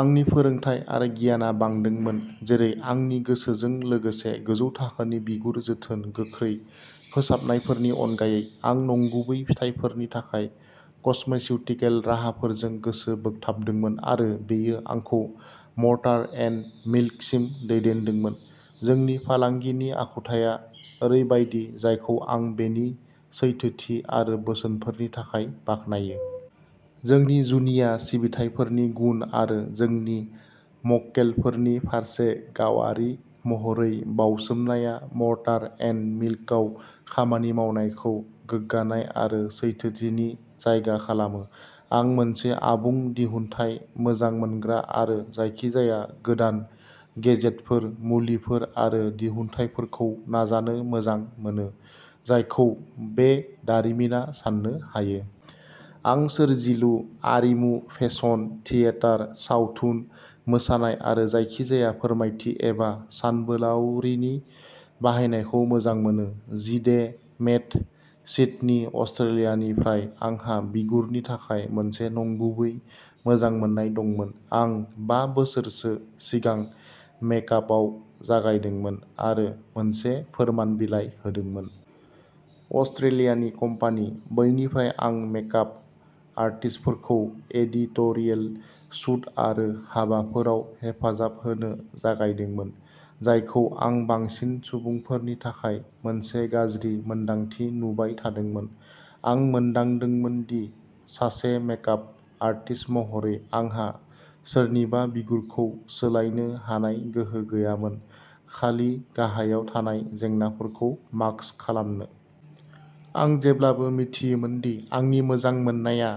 आंनि फोरोंथाय आरो गियानआ बांदोंमोन जेरै आंनि गोसोजों लोगोसे गोजौ थाखोनि बिगुर जोथोन गोख्रै फोसाबनायफोरनि अनगायै, आं नंगुबै फिथायफोरनि थाखाय कस्मेस्युटिकेल राहाफोरजों गोसो बोगथाबदोंमोन आरो बेयो आंखौ मर्टार एन्ड मिल्कसिम दैदेनदोंमोन। जोंनि फालांगिनि आखुथाइआ ओरैबायदि जायखौ आं बेनि सैथोथि आरो बोसोनफोरनि थाखाय बाख्नायो। जोंनि जुनिया सिबिथाइफोरनि गुन आरो जोंनि मक्केलफोरनि फारसे गावारि महरै बावसोमनाया मर्टार एन्ड मिल्कआव खामानि मावनायखौ गोग्गानाय आरो सैथोथिनि जायगा खालामो। आं मोनसे आबुं दिहुनथाय मोजां मोनग्रा आरो जायखिजाया गोदान गेजेटफोर, मुलिफोर आरो दिहुनथायफोरखौ नाजानो मोजां मोनो, जायखौ बे दारिमिना साननो हायो। आं सोरजिलु, आरिमु, फेसन, थियेटार, सावथुन, मोसानाय आरो जायखिजाया फोरमायथि एबा सानबोलावरिनि बाहायनायखौ मोजां मोनो। जिडे मेट सिडनी अस्ट्रेलियानिफ्राय आंहा बिगुरनि थाखाय मोनसे नंगुबै मोजां मोन्नाय दंमोन। आं बा बोसोरसो सिगां मेकआपआव जागायदोंमोन आरो मोनसे फोरमान बिलाइ होदोंमोन। अस्ट्रेलियानि कम्पानि, बैनिफ्राय आं मेकआप आर्टिस्टफोरखौ एडिट'रियेल शूट आरो हाबाफोराव हेफाजाब होनो जागायदोंमोन, जायखौ आं बांसिन सुबुंफोरनि थाखाय मोनसे गाज्रि मोन्दांथि नुबाय थादोंमोन, आं मोनदांदोंमोन दि सासे मेकआप आर्टिस्ट महरै आंहा सोरनिबा बिगुरखौ सोलायनो हानाय गोहो गैयामोन, खालि गाहायाव थानाय जेंनाफोरखौ मास्क खालामनो। आं जेब्लाबो मिथियोमोन दि आंनि मोजां मोननाया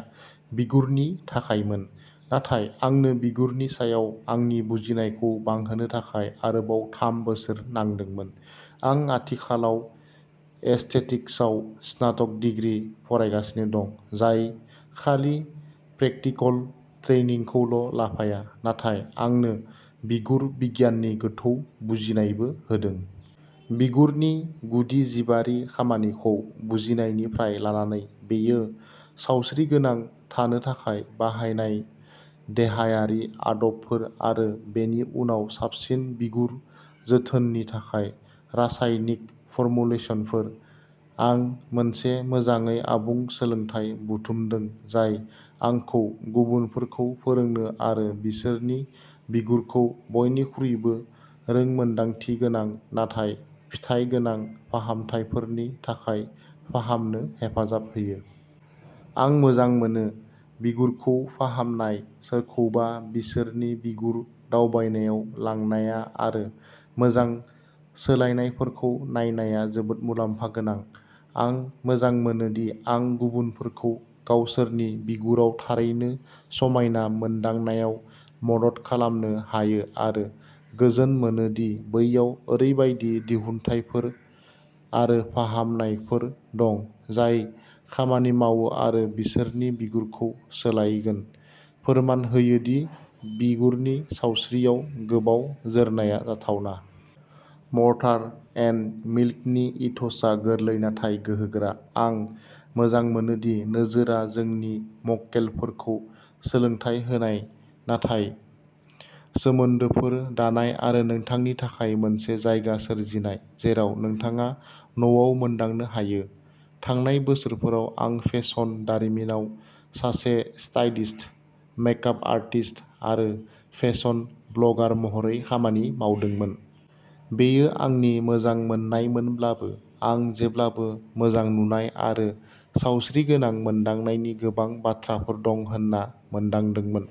बिगुरनि थाखायमोन, नाथाय आंनो बिगुरनि सायाव आंनि बुजिनायखौ बांहोनो थाखाय आरोबाव थाम बोसोर नांदोंमोन। आं आथिखालाव एस्थेटिक्सआव स्नातक डिग्री फरायगासिनो दं, जाय खालि प्रेकटिकल ट्रेइनिंखौल' लाफाया, नाथाय आंनो बिगुर-बिगियाननि गोथौ बुजिनायबो होदों। बिगुरनि गुदि जिबारि खामानिखौ बुजिनायनिफ्राय लानानै बेयो सावस्रिगोनां थानो थाखाय बाहायनाय देहायारि आदबफोर आरो बेनि उनाव साबसिन बिगुर जोथोननि थाखाय रासायनिक फर्मुलेसनफोर, आं मोनसे मोजाङै आबुं सोलोंथाय बुथुमदों जाय आंखौ गुबुनफोरखौ फोरोंनो आरो बिसोरनि बिगुरखौ बयनिख्रुइबो रोंमोनदांथिगोनां नाथाय फिथाय गोनां फाहामथायफोरनि थाखाय फाहामनो हेफाजाब होयो। आं मोजां मोनो। बिगुरखौ फाहामनाय, सोरखौबा बिसोरनि बिगुर दावबायनायाव लांनाया आरो मोजां सोलायनायफोरखौ नायनाया जोबोद मुलाम्फा गोनां। आं मोजां मोनो दि आं गुबुनफोरखौ गावसोरनि बिगुराव थारैनो समायना मोनदांनायाव मदद खालामनो हायो आरो गोजोन मोनो दि बैयाव ओरैबायदि दिहुनथायफोर आरो फाहामनायफोर दं जाय खामानि मावो आरो बिसोरनि बिगुरखौ सोलायगोन, फोरमान होयो दि बिगुरनि सावस्रियाव गोबाव जोरनाया जाथावना। मर्टार एन्ड मिल्कनि इथ'सआ गोरलै नाथाय गोहोगोरा, आं मोजां मोनो दि नोजोरआ जोंनि मक्केलफोरखौ सोलोंथाय होनाय नाथाय सोमोन्दोफोर दानाय आरो नोंथांनि थाखाय मोनसे जायगा सोरजिनाय जेराव नोंथाङा न'आव मोनदांनो हायो। थांनाय बोसोरफोराव आं फेशन दारिमिनाव सासे स्टाइलिस्ट, मेक-आप आर्टिस्ट आरो फेशन ब्लगार महरै खामानि मावदोंमोन। बेयो आंनि मोजांमोननायमोनब्लाबो, आं जेब्लाबो मोजां नुनाय आरो सावस्रिगोनां मोनदांनायनि गोबां बाथ्राफोर दं होन्ना मोनदांदोंमोन।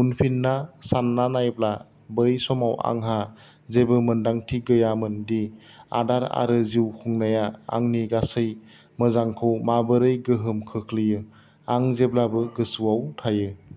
उनफिनना सानना नायब्ला, बै समाव आंहा जेबो मोनदांथि गैयामोन दि आदार आरो जिउ खुंनाया आंनि गासै मोजांखौ माबोरै गोहोम खोख्लैयो। आं जेब्लाबो गोसोआव थायो।